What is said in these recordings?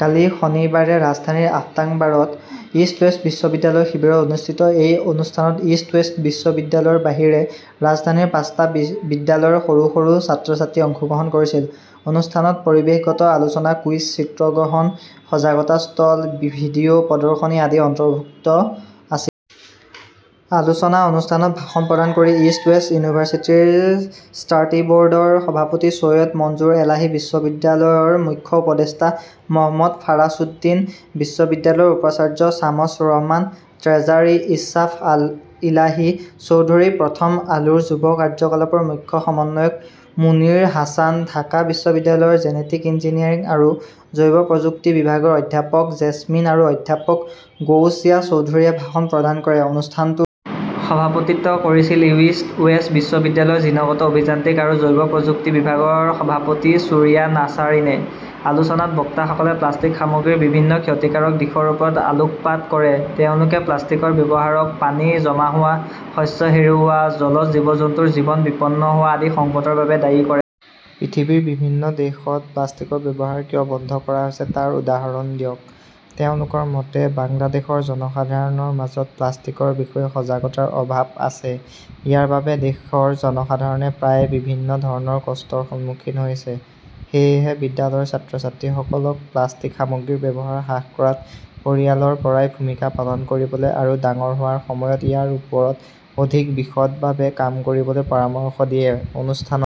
কালি শনিবাৰে ৰাজধানীৰ আফতাবাংগৰত east west বিশ্ববিদ্যালয়ৰ শিবিৰত অনুষ্ঠিত এই অনুষ্ঠানত ইষ্ট ৱেষ্ট বিশ্ববিদ্যালয়ৰ বাহিৰে ৰাজধানীৰ পাঁচটা বিদ্যালয়ৰ সৰু সৰু ছাত্ৰ-ছাত্ৰীয়ে অংশগ্ৰহণ কৰিছিল। অনুষ্ঠানত পৰিৱেশগত আলোচনা, কুইজ, চিত্ৰগ্ৰহণ, সজাগতা ষ্টল, ভিডিঅ 'প্ৰদৰ্শনী আদি অন্তৰ্ভুক্ত আছিল। আলোচনা অনুষ্ঠানত ভাষণ প্ৰদান কৰি ইষ্ট ৱেষ্ট ইউনিভাৰ্চিটিৰ ট্ৰাষ্টী ব'ৰ্ডৰ সভাপতি চৈয়দ মঞ্জুৰ এলাহী, বিশ্ববিদ্যালয়ৰ মুখ্য উপদেষ্টা মহম্মদ ফাৰাসুদ্দিন, বিশ্ববিদ্যালয়ৰ উপাচাৰ্য শামছ ৰহমান, ট্ৰেজাৰী ইছফাক ইলাহি চৌধুৰী, প্ৰথম আলোৰ যুৱ কাৰ্যকলাপৰ মুখ্য সমন্বয়ক মুনিৰ হাছান, ঢাকা বিশ্ববিদ্যালয়ৰ জেনেটিক ইঞ্জিনিয়াৰিং আৰু জৈৱ প্ৰযুক্তি বিভাগৰ অধ্যাপক জেছমিন আৰু অধ্যাপক গৌচিয়া চৌধুৰীয়ে ভাষণ প্ৰদান কৰে। অনুষ্ঠানটোৰ সভাপতিত্ব কৰিছিল ইষ্ট ৱেষ্ট বিশ্ববিদ্যালয়ৰ জিনগত অভিযান্ত্ৰিক আৰু জৈৱ প্ৰযুক্তি বিভাগৰ সভাপতি সুৰাইয়া নাছাৰিনে। আলোচনাত বক্তাসকলে প্লাষ্টিক সামগ্ৰীৰ বিভিন্ন ক্ষতিকাৰক দিশৰ ওপৰত আলোকপাত কৰে। তেওঁলোকে প্লাষ্টিকৰ ব্যৱহাৰক পানী জমা হোৱা, শস্য হেৰুওৱা, জলজ জীৱ-জন্তুৰ জীৱন বিপন্ন হোৱা আদি সংকটৰ বাবে দায়ী কৰে। পৃথিৱীৰ বিভিন্ন দেশত প্লাষ্টিকৰ ব্যৱহাৰ কিয় বন্ধ কৰা হৈছে তাৰ উদাহৰণ দিয়ক। তেওঁলোকৰ মতে, বাংলাদেশৰ জনসাধাৰণৰ মাজত প্লাষ্টিকৰ বিষয়ে সজাগতাৰ অভাৱ আছে। ইয়াৰ বাবে দেশৰ জনসাধাৰণে প্ৰায়ে বিভিন্ন ধৰণৰ কষ্টৰ সন্মুখীন হৈছে। সেয়েহে, বিদ্যালয়ৰ ছাত্ৰ-ছাত্ৰীসকলক প্লাষ্টিক সামগ্ৰীৰ ব্যৱহাৰ হ্ৰাস কৰাত পৰিয়ালৰ পৰাই ভূমিকা পালন কৰিবলৈ আৰু ডাঙৰ হোৱাৰ সময়ত ইয়াৰ ওপৰত অধিক বিশদভাৱে কাম কৰিবলৈ পৰামৰ্শ দিয়ে। অনুষ্ঠানত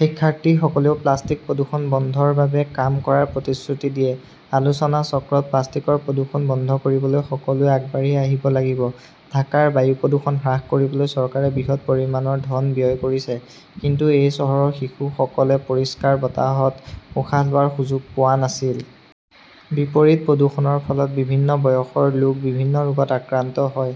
শিক্ষাৰ্থীসকলেও প্লাষ্টিক প্ৰদূষণ বন্ধৰ বাবে কাম কৰাৰ প্ৰতিশ্ৰুতি দিয়ে। আলোচনাচক্ৰত প্লাষ্টিকৰ প্ৰদূষণ বন্ধ কৰিবলৈ সকলোৱে আগবাঢ়ি আহিব লাগিব ঢাকাৰ বায়ু প্ৰদূষণ হ্ৰাস কৰিবলৈ চৰকাৰে বৃহৎ পৰিমাণৰ ধন ব্যয় কৰিছে। কিন্তু এই চহৰৰ শিশুসকলে পৰিষ্কাৰ বতাহত উশাহ লোৱাৰ সুযোগ পোৱা নাছিল। বিপৰীত প্ৰদূষণৰ ফলত বিভিন্ন বয়সৰ লোক বিভিন্ন ৰোগত আক্ৰান্ত হয়।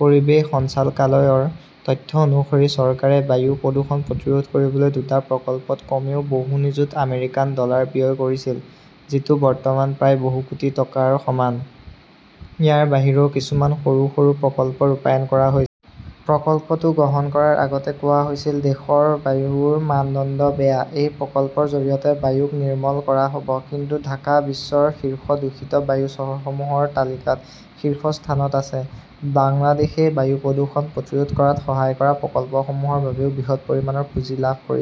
পৰিৱেশ সঞ্চালকালয়ৰ তথ্য অনুসৰি, চৰকাৰে বায়ু প্ৰদূষণ প্ৰতিৰোধ কৰিবলৈ দুটা প্ৰকল্পত কমেও বহু নিযুত আমেৰিকান ডলাৰ ব্যয় কৰিছিল, যিটো বৰ্তমান প্ৰায় বহু কোটি টকাৰ সমান। ইয়াৰ বাহিৰেও কিছুমান সৰু সৰু প্ৰকল্প ৰূপায়ণ কৰা হৈছে। প্ৰকল্পটো গ্ৰহণ কৰাৰ আগতে কোৱা হৈছিল, 'দেশৰ বায়ুৰ মানদণ্ড বেয়া'। এই প্ৰকল্পৰ জৰিয়তে বায়ুক 'নিৰ্মল' কৰা হ'ব। কিন্তু ঢাকা বিশ্বৰ শীৰ্ষ দূষিত বায়ু চহৰসমূহৰ তালিকাত শীৰ্ষস্থানত আছে। বাংলাদেশই বায়ু প্ৰদূষণ প্ৰতিৰোধ কৰাত সহায় কৰা প্ৰকল্পসমূহৰ বাবেও বৃহৎ পৰিমাণৰ পুঁজি লাভ কৰিছে।